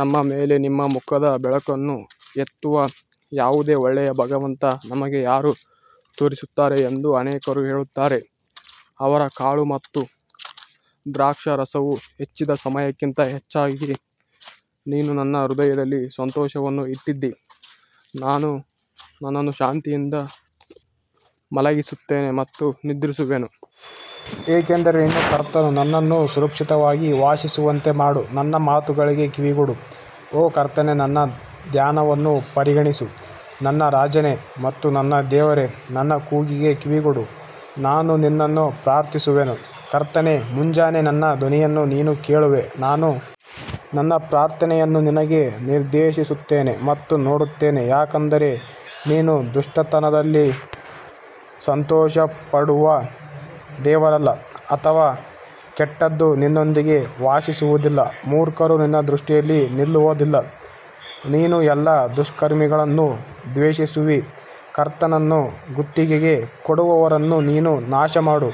ನಮ್ಮ ಮೇಲೆ ನಿಮ್ಮ ಮುಖದ ಬೆಳಕನ್ನು ಎತ್ತುವ ಯಾವುದೇ ಒಳ್ಳೆಯ ಭಗವಂತ ನಮಗೆ ಯಾರು ತೋರಿಸುತ್ತಾರೆ ಎಂದು ಅನೇಕರು ಹೇಳುತ್ತಾರೆ ಅವರ ಕಾಳು ಮತ್ತು ದ್ರಾಕ್ಷಾರಸವು ಹೆಚ್ಚಿದ ಸಮಯಕ್ಕಿಂತ ಹೆಚ್ಚಾಗಿ ನೀನು ನನ್ನ ಹೃದಯದಲ್ಲಿ ಸಂತೋಷವನ್ನು ಇಟ್ಟಿದ್ದೀ ನಾನು ನನ್ನನ್ನು ಶಾಂತಿಯಿಂದ ಮಲಗಿಸುತ್ತೇನೆ ಮತ್ತು ನಿದ್ರಿಸುವೆನು ಏಕೆಂದರೆ ನೀನು ಕರ್ತನು ನನ್ನನ್ನು ಸುರಕ್ಷಿತವಾಗಿ ವಾಸಿಸುವಂತೆ ಮಾಡು ನನ್ನ ಮಾತುಗಳಿಗೆ ಕಿವಿಗೊಡು ಓ ಕರ್ತನೇ ನನ್ನ ಧ್ಯಾನವನ್ನು ಪರಿಗಣಿಸು ನನ್ನ ರಾಜನೇ ಮತ್ತು ನನ್ನ ದೇವರೇ ನನ್ನ ಕೂಗಿಗೆ ಕಿವಿಗೊಡು, ನಾನು ನಿನ್ನನ್ನು ಪ್ರಾರ್ಥಿಸುವೆನು ಕರ್ತನೇ ಮುಂಜಾನೆ ನನ್ನ ಧ್ವನಿಯನ್ನು ನೀನು ಕೇಳುವೆ, ನಾನು ನನ್ನ ಪ್ರಾರ್ಥನೆಯನ್ನು ನಿನಗೆ ನಿರ್ದೇಶಿಸುತ್ತೇನೆ ಮತ್ತು ನೋಡುತ್ತೇನೆ ಯಾಕಂದರೆ ನೀನು ದುಷ್ಟತನದಲ್ಲಿ ಸಂತೋಷಪಡುವ ದೇವರಲ್ಲ ಅಥವಾ ಕೆಟ್ಟದ್ದು ನಿನ್ನೊಂದಿಗೆ ವಾಸಿಸುವುದಿಲ್ಲ ಮೂರ್ಖರು ನಿನ್ನ ದೃಷ್ಟಿಯಲ್ಲಿ ನಿಲ್ಲುವದಿಲ್ಲ, ನೀನು ಎಲ್ಲಾ ದುಷ್ಕರ್ಮಿಗಳನ್ನು ದ್ವೇಷಿಸುವಿ ಕರ್ತನನ್ನು ಗುತ್ತಿಗೆಗೆ ಕೊಡುವವರನ್ನು ನೀನು ನಾಶಮಾಡು,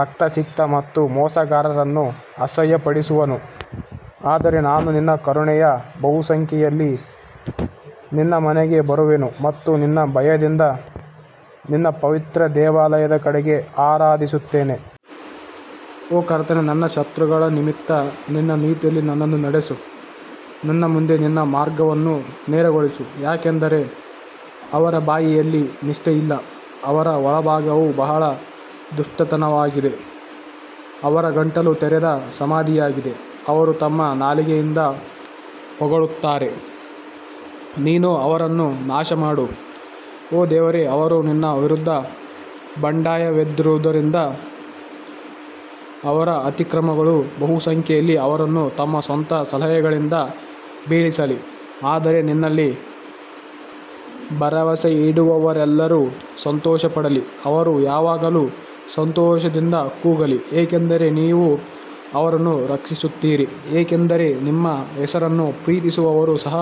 ರಕ್ತಸಿಕ್ತ ಮತ್ತು ಮೋಸಗಾರನನ್ನು ಅಸಹ್ಯಪಡಿಸುವನು ಆದರೆ ನಾನು ನಿನ್ನ ಕರುಣೆಯ ಬಹುಸಂಖ್ಯೆಯಲ್ಲಿ ನಿನ್ನ ಮನೆಗೆ ಬರುವೆನು ಮತ್ತು ನಿನ್ನ ಭಯದಿಂದ ನಿನ್ನ ಪವಿತ್ರ ದೇವಾಲಯದ ಕಡೆಗೆ ಆರಾಧಿಸುತ್ತೇನೆ. ಓ ಕರ್ತನೇ, ನನ್ನ ಶತ್ರುಗಳ ನಿಮಿತ್ತ ನಿನ್ನ ನೀತಿಯಲ್ಲಿ ನನ್ನನ್ನು ನಡೆಸು, ನನ್ನ ಮುಂದೆ ನಿನ್ನ ಮಾರ್ಗವನ್ನು ನೇರಗೊಳಿಸು ಯಾಕಂದರೆ ಅವರ ಬಾಯಿಯಲ್ಲಿ ನಿಷ್ಠೆಯಿಲ್ಲ, ಅವರ ಒಳಭಾಗವು ಬಹಳ ದುಷ್ಟತನವಾಗಿದೆ, ಅವರ ಗಂಟಲು ತೆರೆದ ಸಮಾಧಿಯಾಗಿದೆ ಅವರು ತಮ್ಮ ನಾಲಿಗೆಯಿಂದ ಹೊಗಳುತ್ತಾರೆ ನೀನು ಅವರನ್ನು ನಾಶಮಾಡು ಓ ದೇವರೇ, ಅವರು ನಿನ್ನ ವಿರುದ್ಧ ಬಂಡಾಯವೆದ್ದಿರುವದರಿಂದ ಅವರ ಅತಿಕ್ರಮಣಗಳ ಬಹುಸಂಖ್ಯೆಯಲ್ಲಿ ಅವರನ್ನು ತಮ್ಮ ಸ್ವಂತ ಸಲಹೆಗಳಿಂದ ಬೀಳಿಸಲಿ ಆದರೆ ನಿನ್ನಲ್ಲಿ ಭರವಸೆಯಿಡುವವರೆಲ್ಲರೂ ಸಂತೋಷಪಡಲಿ, ಅವರು ಯಾವಾಗಲೂ ಸಂತೋಷದಿಂದ ಕೂಗಲಿ, ಏಕೆಂದರೆ ನೀವು ಅವರನ್ನು ರಕ್ಷಿಸುತ್ತೀರಿ ಏಕೆಂದರೆ ನಿಮ್ಮ ಹೆಸರನ್ನು ಪ್ರೀತಿಸುವವರು ಸಹ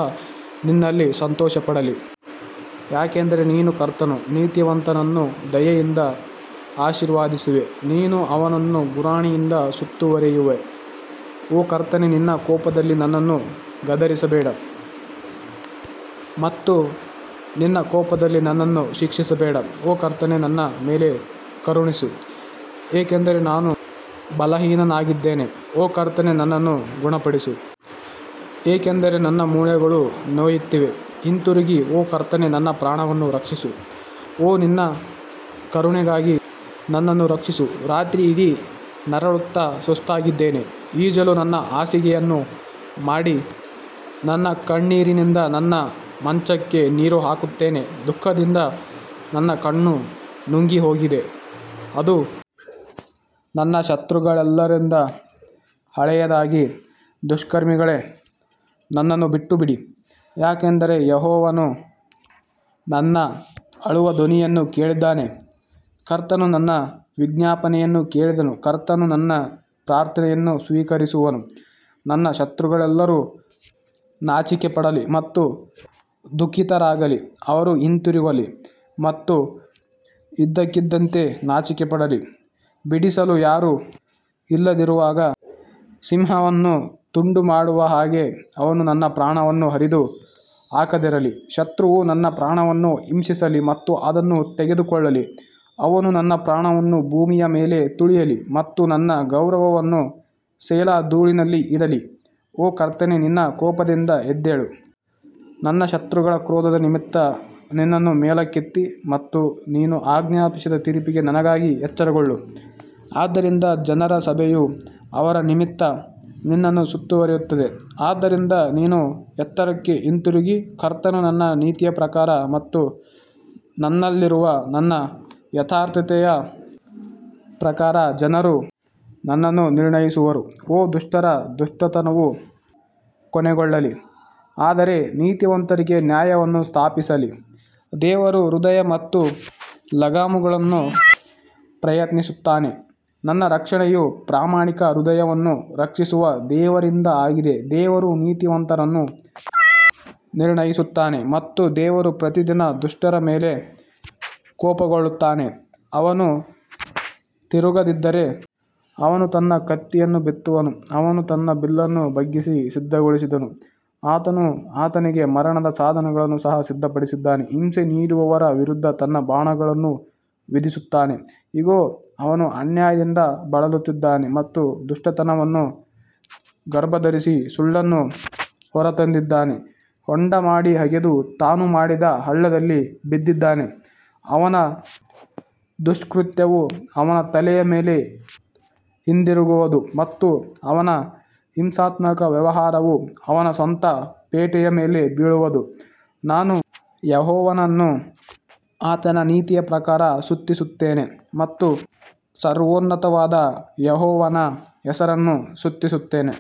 ನಿನ್ನಲ್ಲಿ ಸಂತೋಷಪಡಲಿ. ಯಾಕಂದರೆ ನೀನು ಕರ್ತನು ನೀತಿವಂತನನ್ನು ದಯೆಯಿಂದ ಆಶೀರ್ವದಿಸುವೆ, ನೀನು ಅವನನ್ನು ಗುರಾಣಿಯಿಂದ ಸುತ್ತುವರಿಯುವೆ ಓ ಕರ್ತನೇ ನಿನ್ನ ಕೋಪದಲ್ಲಿ ನನ್ನನ್ನು ಗದರಿಸಬೇಡ ಮತ್ತು ನಿನ್ನ ಕೋಪದಲ್ಲಿ ನನ್ನನ್ನು ಶಿಕ್ಷಿಸಬೇಡ ಓ ಕರ್ತನೇ ನನ್ನ ಮೇಲೆ ಕರುಣಿಸು, ಏಕೆಂದರೆ ನಾನು ಬಲಹೀನನಾಗಿದ್ದೇನೆ, ಓ ಕರ್ತನೇ ನನ್ನನ್ನು ಗುಣಪಡಿಸು, ಏಕೆಂದರೆ ನನ್ನ ಮೂಳೆಗಳು ನೋಯುತ್ತಿವೆ ಹಿಂತಿರುಗಿ ಓ ಕರ್ತನೇ ನನ್ನ ಪ್ರಾಣವನ್ನು ರಕ್ಷಿಸು ಓ ನಿನ್ನ ಕರುಣೆಗಾಗಿ ನನ್ನನ್ನು ರಕ್ಷಿಸು ರಾತ್ರಿಯಿಡೀ ನರಳುತ್ತಾ ಸುಸ್ತಾಗಿದ್ದೇನೆ ಈಜಲು ನನ್ನ ಹಾಸಿಗೆಯನ್ನು ಮಾಡಿ ನನ್ನ ಕಣ್ಣೀರಿನಿಂದ ನನ್ನ ಮಂಚಕ್ಕೆ ನೀರು ಹಾಕುತ್ತೇನೆ ದುಃಖದಿಂದ ನನ್ನ ಕಣ್ಣು ನುಂಗಿಹೋಗಿದೆ, ಅದು ನನ್ನ ಶತ್ರುಗಳೆಲ್ಲರಿಂದ ಹಳೆಯದಾಗಿದೆ ದುಷ್ಕರ್ಮಿಗಳೇ ನನ್ನನ್ನು ಬಿಟ್ಟುಬಿಡಿ, ಯಾಕಂದರೆ ಯೆಹೋವನು ನನ್ನ ಅಳುವ ಧ್ವನಿಯನ್ನು ಕೇಳಿದ್ದಾನೆ ಕರ್ತನು ನನ್ನ ವಿಜ್ಞಾಪನೆಯನ್ನು ಕೇಳಿದನು ಕರ್ತನು ನನ್ನ ಪ್ರಾರ್ಥನೆಯನ್ನು ಸ್ವೀಕರಿಸುವನು ನನ್ನ ಶತ್ರುಗಳೆಲ್ಲರೂ ನಾಚಿಕೆಪಡಲಿ ಮತ್ತು ದುಃಖಿತರಾಗಲಿ, ಅವರು ಹಿಂತಿರುಗಲಿ ಮತ್ತು ಇದ್ದಕ್ಕಿದ್ದಂತೆ ನಾಚಿಕೆಪಡಲಿ ಬಿಡಿಸಲು ಯಾರೂ ಇಲ್ಲದಿರುವಾಗ ಸಿಂಹವನ್ನು ತುಂಡು ಮಾಡುವ ಹಾಗೆ ಅವನು ನನ್ನ ಪ್ರಾಣವನ್ನು ಹರಿದು ಹಾಕದಿರಲಿ ಶತ್ರುವು ನನ್ನ ಪ್ರಾಣವನ್ನು ಹಿಂಸಿಸಲಿ ಮತ್ತು ಅದನ್ನು ತೆಗೆದುಕೊಳ್ಳಲಿ, ಅವನು ನನ್ನ ಪ್ರಾಣವನ್ನು ಭೂಮಿಯ ಮೇಲೆ ತುಳಿಯಲಿ ಮತ್ತು ನನ್ನ ಗೌರವವನ್ನು ಸೆಲಾ ಧೂಳಿನಲ್ಲಿ ಇಡಲಿ ಓ ಕರ್ತನೇ ನಿನ್ನ ಕೋಪದಿಂದ ಎದ್ದೇಳು, ನನ್ನ ಶತ್ರುಗಳ ಕ್ರೋಧದ ನಿಮಿತ್ತ ನಿನ್ನನ್ನು ಮೇಲಕ್ಕೆತ್ತಿ ಮತ್ತು ನೀನು ಆಜ್ಞಾಪಿಸಿದ ತೀರ್ಪಿಗೆ ನನಗಾಗಿ ಎಚ್ಚರಗೊಳ್ಳು ಆದ್ದರಿಂದ ಜನರ ಸಭೆಯು ಅವರ ನಿಮಿತ್ತ ನಿನ್ನನ್ನು ಸುತ್ತುವರಿಯುತ್ತದೆ ಆದ್ದರಿಂದ ನೀನು ಎತ್ತರಕ್ಕೆ ಹಿಂತಿರುಗಿ ಕರ್ತನು ನನ್ನ ನೀತಿಯ ಪ್ರಕಾರ ಮತ್ತು ನನ್ನಲ್ಲಿರುವ ನನ್ನ ಯಥಾರ್ಥತೆಯ ಪ್ರಕಾರ ಜನರು ನನ್ನನ್ನು ನಿರ್ಣಯಿಸುವರು ಓ ದುಷ್ಟರ ದುಷ್ಟತನವು ಕೊನೆಗೊಳ್ಳಲಿ ಆದರೆ ನೀತಿವಂತರಿಗೆ ನ್ಯಾಯವನ್ನು ಸ್ಥಾಪಿಸಲಿ ದೇವರು ಹೃದಯ ಮತ್ತು ಲಗಾಮುಗಳನ್ನು ಪ್ರಯತ್ನಿಸುತ್ತಾನೆ ನನ್ನ ರಕ್ಷಣೆಯು ಪ್ರಾಮಾಣಿಕ ಹೃದಯವನ್ನು ರಕ್ಷಿಸುವ ದೇವರಿಂದ ಆಗಿದೆ ದೇವರು ನೀತಿವಂತರನ್ನು ನಿರ್ಣಯಿಸುತ್ತಾನೆ ಮತ್ತು ದೇವರು ಪ್ರತಿದಿನ ದುಷ್ಟರ ಮೇಲೆ ಕೋಪಗೊಳ್ಳುತ್ತಾನೆ ಅವನು ತಿರುಗದಿದ್ದರೆ ಅವನು ತನ್ನ ಕತ್ತಿಯನ್ನು ಬಿತ್ತುವನು, ಅವನು ತನ್ನ ಬಿಲ್ಲನ್ನು ಬಗ್ಗಿಸಿ ಸಿದ್ಧಗೊಳಿಸಿದನು ಆತನು ಆತನಿಗೆ ಮರಣದ ಸಾಧನಗಳನ್ನು ಸಹ ಸಿದ್ಧಪಡಿಸಿದ್ದಾನೆ, ಹಿಂಸೆ ನೀಡುವವರ ವಿರುದ್ಧ ತನ್ನ ಬಾಣಗಳನ್ನು ವಿಧಿಸುತ್ತಾನೆ ಇಗೋ, ಅವನು ಅನ್ಯಾಯದಿಂದ ಬಳಲುತ್ತಿದ್ದಾನೆ ಮತ್ತು ದುಷ್ಟತನವನ್ನು ಗರ್ಭಧರಿಸಿ ಸುಳ್ಳನ್ನು ಹೊರತಂದಿದ್ದಾನೆ ಹೊಂಡ ಮಾಡಿ ಅಗೆದು ತಾನು ಮಾಡಿದ ಹಳ್ಳದಲ್ಲಿ ಬಿದ್ದಿದ್ದಾನೆ ಅವನ ದುಷ್ಕೃತ್ಯವು ಅವನ ತಲೆಯ ಮೇಲೆ ಹಿಂದಿರುಗುವದು ಮತ್ತು ಅವನ ಹಿಂಸಾತ್ಮಕ ವ್ಯವಹಾರವು ಅವನ ಸ್ವಂತ ಪೇಟೆಯ ಮೇಲೆ ಬೀಳುವದು ನಾನು ಯೆಹೋವನನ್ನು ಆತನ ನೀತಿಯ ಪ್ರಕಾರ ಸ್ತುತಿಸುತ್ತೇನೆ ಮತ್ತು ಸರ್ವೋನ್ನತನಾದ ಯೆಹೋವನ ಹೆಸರನ್ನು ಸ್ತುತಿಸುತ್ತೇನೆ.